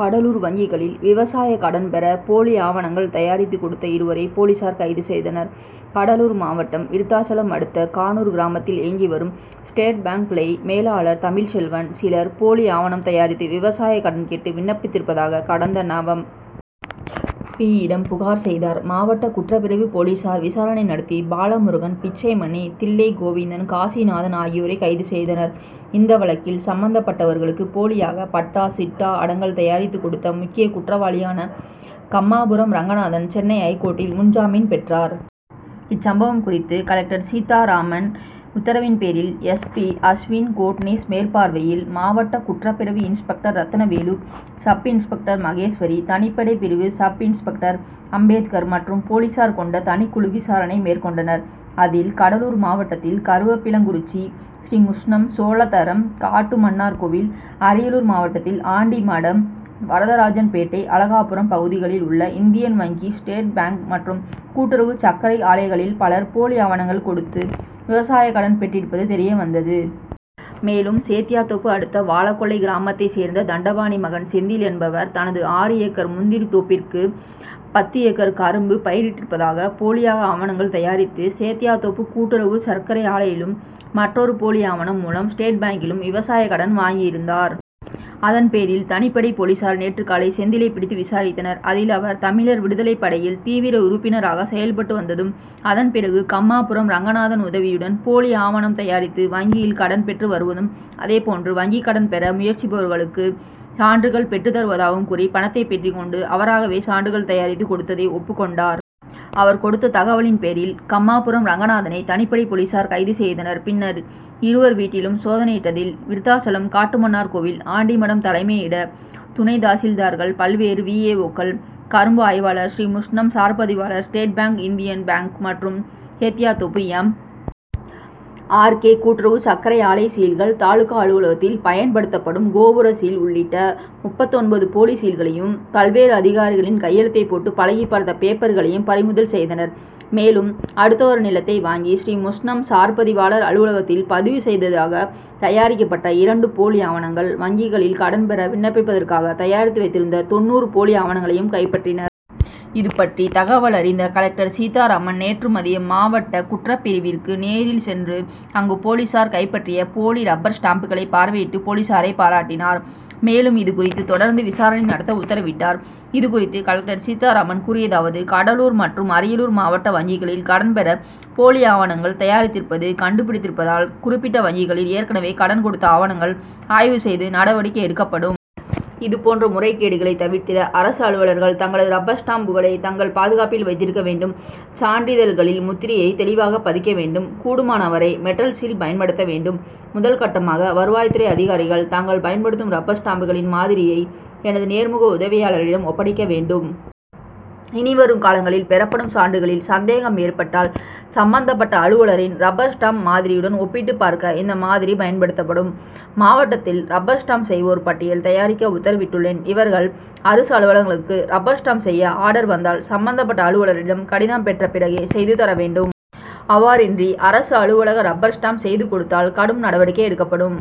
கடலூர் வங்கிகளில் விவசாய கடன் பெற போலி ஆவணங்கள் தயாரித்து கொடுத்த இருவரை போலீசார் கைது செய்தனர். கடலூர் மாவட்டம் விருத்தாசலம் அடுத்த கானூர் கிராமத்தில் இயங்கி வரும் ஸ்டேட் பாங்க் கிளை மேலாளர் தமிழ்ச்செல்வன், சிலர் போலி ஆவணம் தயாரித்து விவசாய கடன் கேட்டு விண்ணப்பித்திருப்பதாக கடந்த நவ. பி.,யிடம் புகார் செய்தார். மாவட்ட குற்றப் பிரிவு போலீசார் விசாரணை நடத்தி பாலமுருகன், பிச்சைமணி, தில்லைகோவிந்தன், காசிநாதன் ஆகியோரை கைது செய்தனர். இந்த வழக்கில் சம்மந் தப்பட்டவர்களுக்கு போலியாக பட்டா, சிட்டா, அடங்கல் தயாரித்து கொடுத்த முக்கிய குற்றவாளியான கம்மாபுரம் ரங்கநாதன் சென்னை ஐகோர்ட்டில் முன்ஜாமீன் பெற்றார். இச்சம்பவம் குறித்து கலெக்டர் சீத்தாராமன் உத்தரவின் பேரில், எஸ். பி., அஷ்வின் கோட்னீஸ் மேற்பார்வையில், மாவட்ட குற்றப்பிரிவு inspector Rathinavelu, sub inspector Maheswari, தனிப்படை பிரிவு சப் இன்ஸ் பெக்டர் அம்பேத்கர் மற்றும் போலீசார் கொண்ட தனிக்குழு விசாரணை மேற்கொண்டனர். அதில், கடலூர் மாவட்டத் தில் கருவேப்பிலங்குறிச்சி, ஸ்ரீமுஷ்ணம், சோழதரம், காட்டுமன்னார்கோவில், அரியலூர் மாவட்டத்தில் ஆண்டிமடம், வரதராஜன்பேட்டை, அழகாபுரம் பகுதிகளில் உள்ள இந்தியன் வங்கி, ஸ்டேட் பாங்க் மற்றும் கூட்டுறவு சர்க்கரை ஆலைகளில் பலர் போலி ஆவணங்கள் கொடுத்து விவசாய கடன் பெற்றிருப்பது தெரியவந்தது. மேலும், சேத்தியாத்தோப்பு அடுத்த வாழக்கொல்லை கிராமத்தைச் சேர்ந்த தண்டபாணி மகன் செந்தில் என்பவர் தனது ஆறு ஏக்கர் முந்திரி தோப்பிற்கு பத்து ஏக்கர் கரும்பு பயிரிட்டிருப்பதாக போலியாக ஆவணங்கள் தயாரித்து சேத்தியாத்தோப்பு கூட்டுறவு சர்க் கரை ஆலையிலும், மற்றொரு போலி ஆவணம் மூலம் ஸ்டேட் பாங்கிலும் விவசாய கடன் வாங்கியிருந்தார். அதன்பேரில் தனிப்படை போலீசார், நேற்று காலை செந்திலை பிடித்து விசாரித்தனர். அதில் அவர் தமிழர் விடுதலை படையில் தீவிர உறுப்பினராக செயல்பட்டு வந்ததும், அதன்பிறகு கம்மாபுரம் ரங்கநாதன் உதவியுடன் போலி ஆவணம் தயாரித்து வங்கியில் கடன் பெற்று வருவதும், அதேபோன்று வங்கி கடன் பெற முயற்சிப்பவர்களுக்கு சான்றுகள் பெற்றுத் தருவதாக கூறி பணத்தை பெற்றுக் கொண்டு அவராகவே சான்றுகள் தயாரித்து கொடுத்ததை ஒப்புக் கொண்டார். அவர் கொடுத்த தகவலின் பேரில் கம்மாபுரம் ரங்கநாதனை தனிப்படை போலீசார் கைது செய்தனர். பின்னர் இருவர் வீட்டிலும் சோதனையிட்டதில் விருத்தாசலம், காட்டுமன்னார்கோவில், ஆண்டிமடம் தலைமையிட துணை தாசில்தார்கள், பல்வேறு வி. ஏ. ஓ.,க்கள், கரும்பு ஆய்வாளர், ஸ்ரீமுஷ்ணம் சார்பதிவாளர், ஸ்டேட் பாங்க், இந்தியன் பாங்க் மற்றும் சேத்தியாத்தோப்பு எம். ஆர். கே. கூட்டுறவு சர்க்கரை ஆலை சீல்கள், தாலுகா அலுவலகத்தில் பயன் படுத்தப்படும் கோபுர சீல் உள்ளிட்ட முப்பத்து ஒன்பது போலி சீல்களையும், பல்வேறு அதிகாரிகளின் கையெழுத்தை போட்டு பழகி பார்த்த பேப்பர் களையும் பறிமுதல் செய்தனர். மேலும், அடுத்தவர் நிலத்தை வாங்கி ஸ்ரீமுஷ்ணம் சார்பதிவாளர் அலுவலகத்தில் பதிவு செய்ததாக தயாரிக்கப் பட்ட இரண்டு போலி ஆவணங்கள், வங்கிகளில் கடன் பெற விண்ணப்பிப் பதற்காக தயாரித்து வைத்திருந்த தொண்ணூறு போலி ஆவணங்களையும் கைப்பற்றினர். இதுபற்றி தகவலறிந்த கலெக்டர் சீத்தாராமன், நேற்று மதியம் மாவட்ட குற்றப் பிரிவிற்கு நேரில் சென்று அங்கு போலீசார் கைப்பற்றிய போலி ரப்பர் ஸ்டாம்புகளை பார்வையிட்டு போலீசாரை பாராட்டினார். மேலும், இதுகுறித்து தொடர்ந்து விசாரணை நடத்த உத்தரவிட்டார். இது குறித்து கலெக்டர் சீத்தாராமன் கூறியதாவது கடலூர் மற்றும் அரியலூர் மாவட்ட வங்கிகளில் கடன் பெற போலி ஆவணங்கள் தயாரித்திருப்பது கண்டுபிடித்திருப்பதால், குறிப்பிட்ட வங்கிகளில் ஏற்கனவே கடன் கொடுத்த ஆவணங்கள் ஆய்வு செய்து நடவடிக்கை எடுக்கப்படும். இதுபோன்ற முறைகேடுகளை தவிர்த்திட அரசு அலுவலர்கள் தங்களது ரப்பர் ஸ்டாம் புகளை தங்கள் பாதுகாப்பில் வைத்திருக்க வேண்டும். சான்றிதழ்களில் முத்திரையை தெளிவாக பதிக்க வேண்டும். கூடுமானவரை மெட்டல் சீல்' பயன்படுத்த வேண்டும். முதல்கட்டமாக வருவாய்த் துறை அதிகாரிகள் தாங்கள் பயன்படுத்தும் ரப்பர் ஸ்டாம்புகளின் மாதிரியை எனது நேர் முக உதவியாளரிடம் ஒப்படைக்க வேண்டும். இனி வரும் காலங்களில் பெறப்படும் சான்றுகளில் சந்தேகம் ஏற்பட்டால் சம்மந்தப்பட்ட அலுவலரின் ரப்பர் ஸ்டாம்ப் மாதிரியுடன் ஒப்பிட்டு பார்க்க இந்த மாதிரி பயன்படுத்தப்படும். மாவட்டத்தில் ரப்பர் ஸ்டாம்ப் செய்வோர் பட்டியல் தயாரிக்க உத்தரவிட்டுள்ளேன். இவர்கள் அரசு அலுவலகங்களுக்கு ரப்பர் ஸ்டாம்ப் செய்ய ஆர்டர் வந்தால், சம்மந்தப் பட்ட அலுவலரிடம் கடிதம் பெற்ற பிறகே செய்து தர வேண்டும். அவ்வாறு இன்றி அரசு அலுவலக ரப்பர் ஸ்டாம்ப் செய்து கொடுத்தால் கடும் நடவடிக்கை எடுக்கப்படும்.